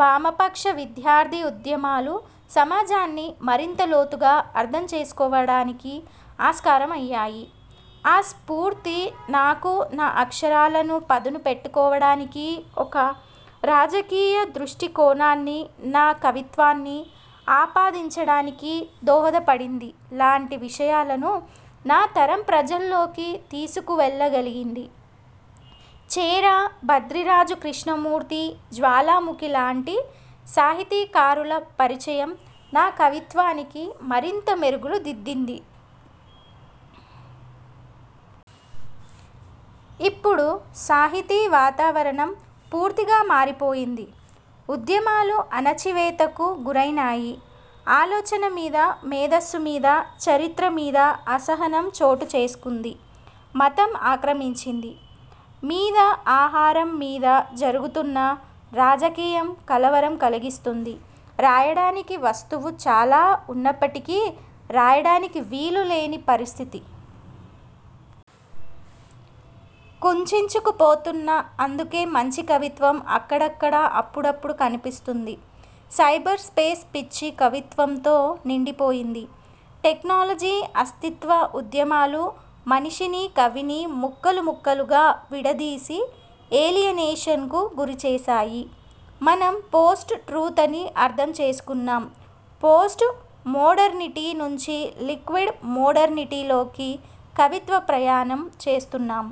వామపక్ష విద్యార్థి ఉద్యమాలు సమాజాన్ని మరింత లోతుగా అర్థం చేసుకోవడానికి ఆస్కారమయ్యాయి. ఆ స్ఫూర్తి, నాకు నా అక్షరాలను పదునుపెట్టుకోవడానికీ, ఒక రాజకీయ దృష్టికోణాన్ని నా కవిత్వాన్ని ఆపాదించడానికీ దోహదపడింది లాంటి విషయాలను నా తరం ప్రజల్లోకి తీసుకువెళ్ళ గలిగింది. చేరా, భద్రిరాజు కృష్ణమూర్తి, జ్వాలాముఖి లాంటి సాహితీకారుల పరిచయం నా కవిత్వానికి మరింత మెరుగులు దిద్దింది. ఇప్పుడు సాహితీ వాతావరణం పూర్తిగా మారిపోయింది. ఉద్యమాలు అణచివేతకు గురైనాయి. ఆలోచన మీద, మేధస్సు మీద, చరిత్ర మీద అసహనం చోటు చేసుకుంది. మతం ఆక్రమించింది. మీద, ఆహారం మీద జరుగుతున్న రాజకీయం కలవరం కలిగిస్తుంది. రాయడానికి వస్తువు చాలా ఉన్నప్పటికీ, రాయడానికి వీలు లేని పరిస్థితి. కుంచించుకుపోతున్న అందుకే మంచి కవిత్వం అక్కడక్కడ అప్పుడప్పడు కనిపిస్తుంది. సైబర్ స్పేస్ పిచ్చి కవిత్వంతో నిండిపోయింది. టెక్నాలజీ, అస్తిత్వ ఉద్యమాలు మనిషినీ, కవినీ ముక్కలు ముక్కలుగా విడదీసి ఏలియనేషన్కు గురిచేసాయి. మనం పోస్ట్ ట్రూతని అర్థం చేసుకున్నాం. పోస్ట్ మోడర్నిటీ నుండి లిక్విడ్ మోడర్నిటీలోకి కవిత్వ ప్రయాణం చేస్తున్నాం.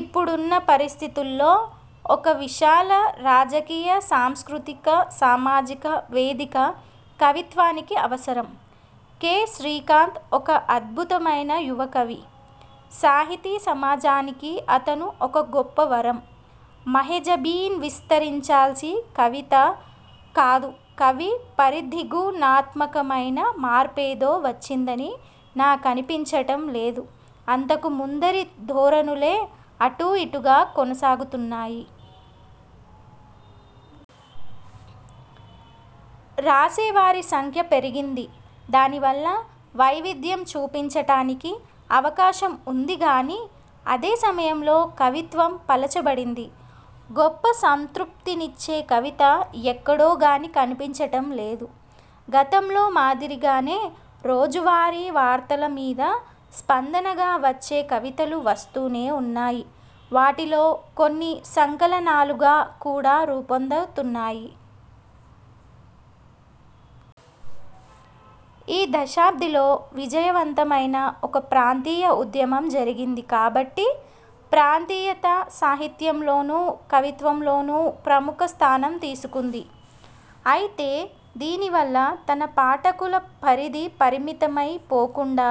ఇప్పుడున్న పరిస్థితుల్లో ఒక విశాల రాజకీయ, సాంస్కృతిక, సామాజిక వేదిక కవిత్వానికి అవసరం. కె. శ్రీకాంత్ ఒక అద్భుతమైన యువ కవి. సాహితీ సమాజానికి అతను ఒక గొప్ప వరం. మహెజబీన్విస్తరించాల్సింది కవిత కాదు, కవి పరిధిగుణాత్మకమైన మార్పేదో వచ్చిందని నాకనిపించటం లేదు. అంతకు ముందరి ధోరణులే అటూ ఇటూగా కొనసాగుతున్నాయి. రాసేవారి సంఖ్య పెరిగింది. దానివల్ల వైవిధ్యం చూపించటానికి అవకాశం ఉంది గాని, అదే సమయంలో కవిత్వం పలచబడింది. గొప్ప సంతృప్తినిచ్చే కవిత ఎక్కడోగాని కనిపించటం లేదు. గతంలో మాదిరి గానే, రోజువారీ వార్తల మీద స్పందనగా వచ్చే కవితలు వస్తూనే ఉన్నాయి. వాటిలో కొన్ని సంకలనాలుగా కూడా రూపొందుతున్నాయి. ఈ దశాబ్దిలో విజయవంతమైన ఒక ప్రాంతీయ ఉద్యమం జరిగింది కాబట్టి, ప్రాంతీయత సాహిత్యంలోనూ, కవిత్వంలోనూ ప్రముఖ స్థానం తీసుకుంది. ఐతే, దీనివల్ల తన పాఠకుల పరిధి పరిమితమై పోకుండా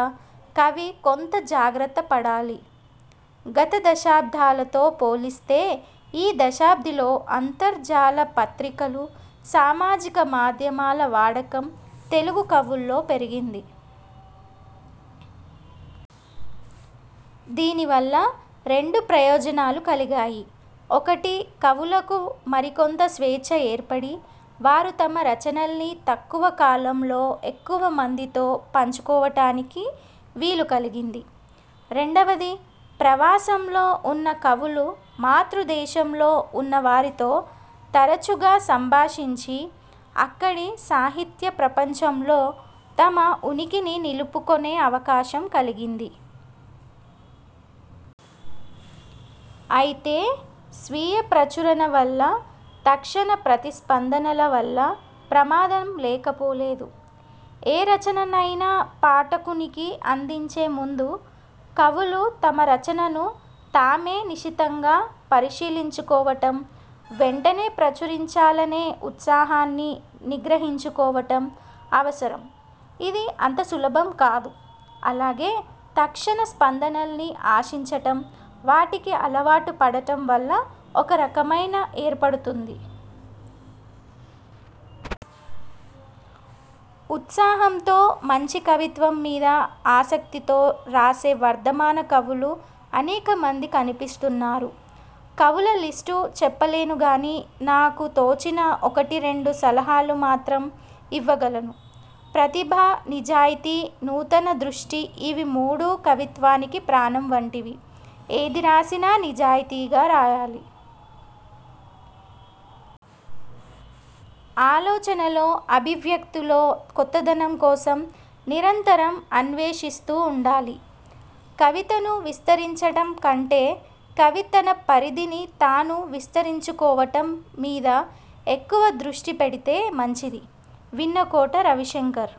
కవి కొంత జాగ్రత్త పడాలి. గత దశాబ్దాలతో పోలిస్తే, ఈ దశాబ్దిలో అంతర్జాల పత్రికలు, సామాజిక మాధ్యమాల వాడకం తెలుగు కవుల్లో పెరిగింది. దీనివల్ల రెండు ప్రయోజనాలు కలిగాయి. ఒకటి కవులకు మరికొంత స్వేచ్ఛ ఏర్పడి, వారు తమ రచనల్ని తక్కువ కాలంలో ఎక్కువమందితో పంచుకోవటానికి వీలు కలిగింది. రెండవది, ప్రవాసంలో ఉన్న కవులు మాతృదేశంలో ఉన్నవారితో తరచుగా సంభాషించి అక్కడి సాహిత్య ప్రపంచంలో తమ ఉనికిని నిలుపుకొనే అవకాశం కలిగింది. ఐతే, స్వీయ ప్రచురణ వల్ల, తక్షణ ప్రతిస్పందనల వల్ల ప్రమాదం లేకపోలేదు. ఏ రచననైనా పాఠకునికి అందించే ముందు, కవులు తమ రచనను తామే నిశితంగా పరిశీలించుకోవటం, వెంటనే ప్రచురించాలనే ఉత్సాహాన్ని నిగ్రహించుకోవటం అవసరం. ఇది అంత సులభం కాదు. అలాగే, తక్షణ స్పందనల్ని ఆశించటం, వాటికి అలవాటు పడటం వల్ల ఒక రకమైన ఏర్పడుతుంది. ఉత్సాహంతో, మంచి కవిత్వం మీద ఆసక్తితో రాసే వర్దమాన కవులు అనేక మంది కనిపిస్తున్నారు. కవుల లిష్టు చెప్పలేనుగాని, నాకు తోచిన ఒకటి రెండు సలహాలు మాత్రం ఇవ్వగలను. ప్రతిభ, నిజాయితీ, నూతన దృష్టి ఇవి మూడూ కవిత్వానికి ప్రాణం వంటివి. ఏది రాసినా నిజాయితీగా రాయాలి. ఆలోచనలో, అభివ్యక్తిలో కొత్తదనం కోసం నిరంతరం అన్వేషిస్తూ ఉండాలి. కవితను విస్తరించటం కంటే, కవి తన పరిధిని తాను విస్తరించుకోవటం మీద ఎక్కువ దృష్టి పెడితే మంచిది. విన్నకోట రవిశంకర్